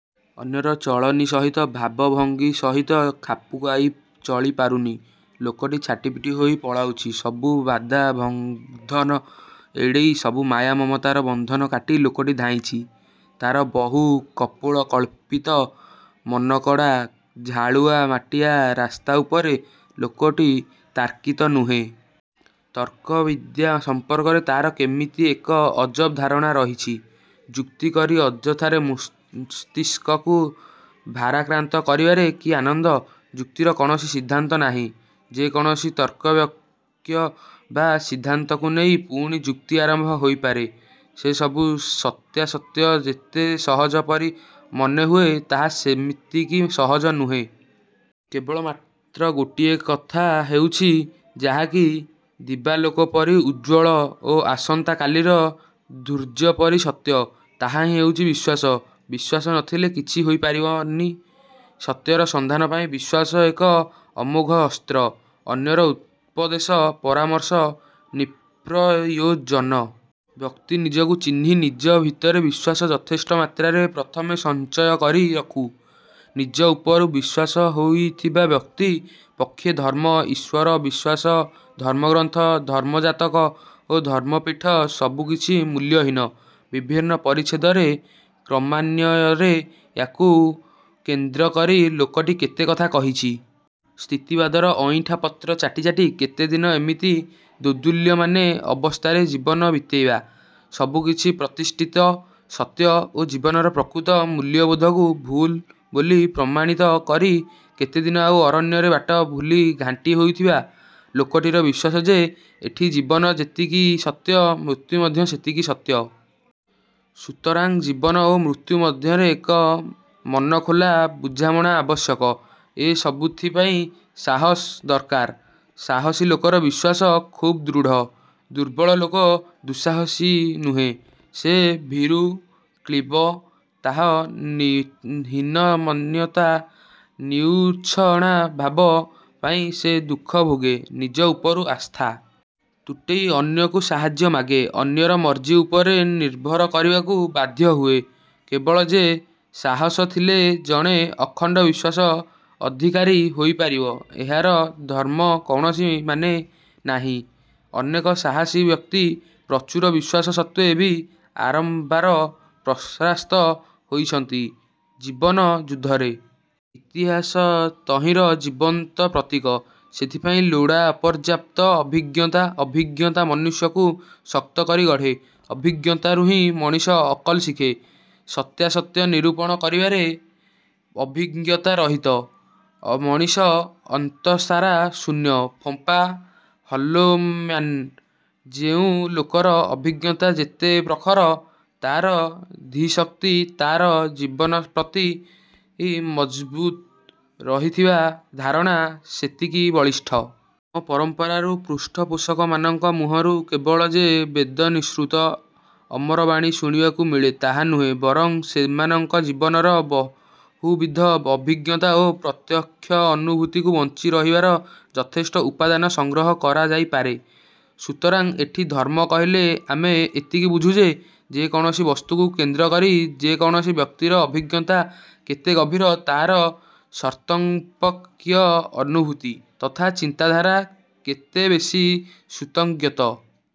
ଅନ୍ୟର ଚଳଣି ସହିତ, ଭାବଭଙ୍ଗୀ ସହିତ ଖାପ୍ଖୁଆଇ ଚଳି ପାରୁନି। ଲୋକଟି ଛାଟିପିଟି ହୋଇ ପଳାଉଛି। ସବୁ ବାଧା ବନ୍ଧନ ଏଡ଼େଇ ସବୁ ମାୟା ମମତାର ବନ୍ଧନ କାଟି ଲୋକଟି ଧାଉଁଛି ତା'ର ବହୁ କପୋଳକଳ୍ପିତ ମନଗଢ଼ା ଝାଳୁଆ ମାଟିଆ ରାସ୍ତା ଉପରେ। ଲୋକଟି ତାର୍କିକ ନୁହେଁ। ତର୍କ ବିଦ୍ୟା ସମ୍ପର୍କରେ ତା'ର କେମିତି ଏକ ଅଜବ ଧାରଣା ରହିଛି। ଯୁକ୍ତି କରି ଅଯଥାରେ ମସ୍ତିଷ୍କକୁ ଭାରାକ୍ରାନ୍ତ କରିବାରେ କି ଆନନ୍ଦ। ଯୁକ୍ତିର କୌଣସି ସିଦ୍ଧାନ୍ତ ନାହିଁ। ଯେ କୌଣସି ତର୍କବାକ୍ୟ ବା ସିଦ୍ଧାନ୍ତକୁ ନେଇ ପୁଣି ଯୁକ୍ତି ଆରମ୍ଭ ହୋଇପାରେ। ସେ ସବୁର ସତ୍ୟାସତ୍ୟ ଯେତେ ସହଜ ପରି ମନେହୁଏ ତାହା ସେତିକି ସହଜ ନୁହେଁ। କେବଳ ମାତ୍ର ଗୋଟିଏ କଥା ହେଉଛି, ଯାହାକି ଦିବାଲୋକ ପରି ଉଜ୍ଜ୍ୱଳ ଓ ଆସନ୍ତା କାଲିର ସୂର୍ଯ୍ୟପରି ସତ୍ୟ, ତାହାହିଁ ହେଉଛି ବିଶ୍ୱାସ। ବିଶ୍ୱାସ ନଥିଲେ କିଛି ହୋଇ ପାରିବନି। ସତ୍ୟର ସନ୍ଧାନ ପାଇଁ ବିଶ୍ୱାସ ଏକ ଅମୋଘ ଅସ୍ତ୍ର। ଅନ୍ୟର ଉପଦେଶ, ପରାମର୍ଶ, ନିଷ୍ପ୍ରୟୋଜନ। ବ୍ୟକ୍ତି ନିଜକୁ ଚିହ୍ନି ନିଜ ଭିତରେ ବିଶ୍ୱାସ ଯଥେଷ୍ଟ ମାତ୍ରାରେ ପ୍ରଥମେ ସଞ୍ଚୟ କରି ରଖୁ। ନିଜ ଉପରୁ ବିଶ୍ୱାସ ହରାଇଥିବା ବ୍ୟକ୍ତି ପକ୍ଷେ ଧର୍ମ, ଈଶ୍ୱର ବିଶ୍ୱାସ, ଧର୍ମଗ୍ରନ୍ଥ, ଧର୍ମଯାଜକ ଓ ଧର୍ମପୀଠ ସବୁକିଛି ମୂଲ୍ୟହୀନ। ବିଭିନ୍ନ ପରିଚ୍ଛେଦରେ କ୍ରମାନ୍ୱୟରେ ୟା'କୁଇ କେନ୍ଦ୍ରକରି ଲୋକଟି କେତେ କଥା କହିଛି। ସ୍ଥିତିବାଦର ଅଇଣ୍ଠା ପତ୍ର ଚାଟି ଚାଟି କେତେଦିନ ଏମିତି ଦୋଦୁଲ୍ୟମାନ ଅବସ୍ଥାରେ ଜୀବନ ବିତେଇବା? ସବୁକିଛି ପ୍ରତିଷ୍ଠିତ ସତ୍ୟ ଓ ଜୀବନର ପ୍ରକୃତ ମୂଲ୍ୟବୋଧକୁ 'ଭୁଲ୍' ବୋଲି ପ୍ରମାଣିତ କରି କେତେଦିନ ଆଉ ଅରଣ୍ୟରେ ବାଟ ଭୁଲି ଘାଣ୍ଟି ହେଉଥିବା? ଲୋକଟିରା ବିଶ୍ୱାସ ଯେ ଏଠି ଜୀବନ ଯେତିକି ସତ୍ୟ, ମୃତ୍ୟୁ ମଧ୍ୟ ସେତିକି ସତ୍ୟ। ସୁତରାଂ ଜୀବନ ଓ ମୃତ୍ୟୁ ମଧ୍ୟରେ ଏକ ମନଖୋଲା ବୁଝାମଣା ଆବଶ୍ୟକ। ଏ ସବୁଥିପାଇଁ ସାହସ ଦରକାର। ସାହସୀ ଲୋକର ବିଶ୍ୱାସ ଖୁବ୍ ଦୃଢ଼। ଦୁର୍ବଳ ଲୋକ ଦୁଃସାହସୀ ନୁହେଁ। ସେ ଭୀରୁ, କ୍ଳୀବ। ତା'ର ହୀନମନ୍ୟତା, ନିଉଛଣାଭାବ ପାଇଁ ସେ ଦୁଃଖ ଭୋଗେ। ନିଜ ଉପରୁ ଆସ୍ଥା। ତୁଟେଇ ଅନ୍ୟକୁ ସାହାଯ୍ୟ ମାଗେ। ଅନ୍ୟର ମର୍ଜି ଉପରେ ନିର୍ଭର କରିବାକୁ ବାଧ୍ୟ ହୁଏ। କେବଳ ଯେ ସାହାସ ଥିଲେ ଜଣେ ଅଖଣ୍ଡ ବିଶ୍ୱାସର ଅଧିକାରୀ ହୋଇପାରିବ ଏହାର ମଧ୍ୟ କୌଣସି ମାନେ ନାହିଁ। ଅନେକ ସାହସୀ ବ୍ୟକ୍ତି ପ୍ରଚୁର ବିଶ୍ୱାସ ସତ୍ତ୍ୱେ ବି ବାରମ୍ବାର ପରାସ୍ତ ହୋଇଛନ୍ତି ଜୀବନ ଯୁଦ୍ଧରେ। ଇତିହାସ ତହିଁର ଜୀବନ୍ତ ପ୍ରତୀକ। ସେଥିପାଇଁ ଲୋଡ଼ା ଅପର୍ଯ୍ୟାପ୍ତ ଅଭିଜ୍ଞତା। ଅଭିଜ୍ଞତା ମନୁଷ୍ୟକୁ ଶକ୍ତ କରି ଗଢ଼େ। ଅଭିଜ୍ଞତାରୁହିଁ ମଣିଷ ଅକଲ ଶିଖେ। ସତ୍ୟାସତ୍ୟ ନିରୂପଣ କରିପାରେ। ଅଭିଜ୍ଞତା ରହିତ ମଣିଷ ଅନ୍ତଃସାର ଶୂନ୍ୟ। ଫମ୍ପା! ହଲୋମ୍ୟାନ୍। ଯେଉଁ ଲୋକର ଅଭିଜ୍ଞତା ଯେତେ ପ୍ରଖର, ତା'ର ଧୀଶକ୍ତି, ତା'ର ଜୀବନପ୍ରତି ମହଜୁଦ ରହିଥିବା ଧାରଣା ସେତିକି ବଳିଷ୍ଠ। ଆମ ପରମ୍ପରାର ପୃଷ୍ଠପୋଷକମାନଙ୍କ ମୁହଁରୁ କେବଳ ଯେ ବେଦ ନିଃସୃତ ଅମରବାଣୀ ଶୁଣିବାକୁ ମିଳେ ତାହା ନୁହେଁ, ବରଂ ସେମାନଙ୍କ ଜୀବନର ବହୁବିଧ ଅଭିଜ୍ଞତା ଓ ପ୍ରତ୍ୟକ୍ଷ ଅନୁଭୂତିରୁ ବଞ୍ଚି ରହିବାର ଯଥେଷ୍ଟ ଉପାଦାନ ସଂଗ୍ରହ କରାଯାଇପାରେ। ସୁତରାଂ ଏଠି ଧର୍ମ କହିଲେ ଆମେ ଏତିକି ବୁଝୁ ଯେ, ଯେକୌଣସି ବସ୍ତୁକୁ କେନ୍ଦ୍ରକରି ଯେ କୌଣସି ବ୍ୟକ୍ତିର ଅଭିଜ୍ଞତା କେତେ ଗଭୀର ତା'ର ତତ୍ସମ୍ପର୍କୀୟ ଅନୁଭୂତି ତଥା ଚିନ୍ତାଧାରା କେତେ ବେଶୀ ସୁସଞ୍ଜତ।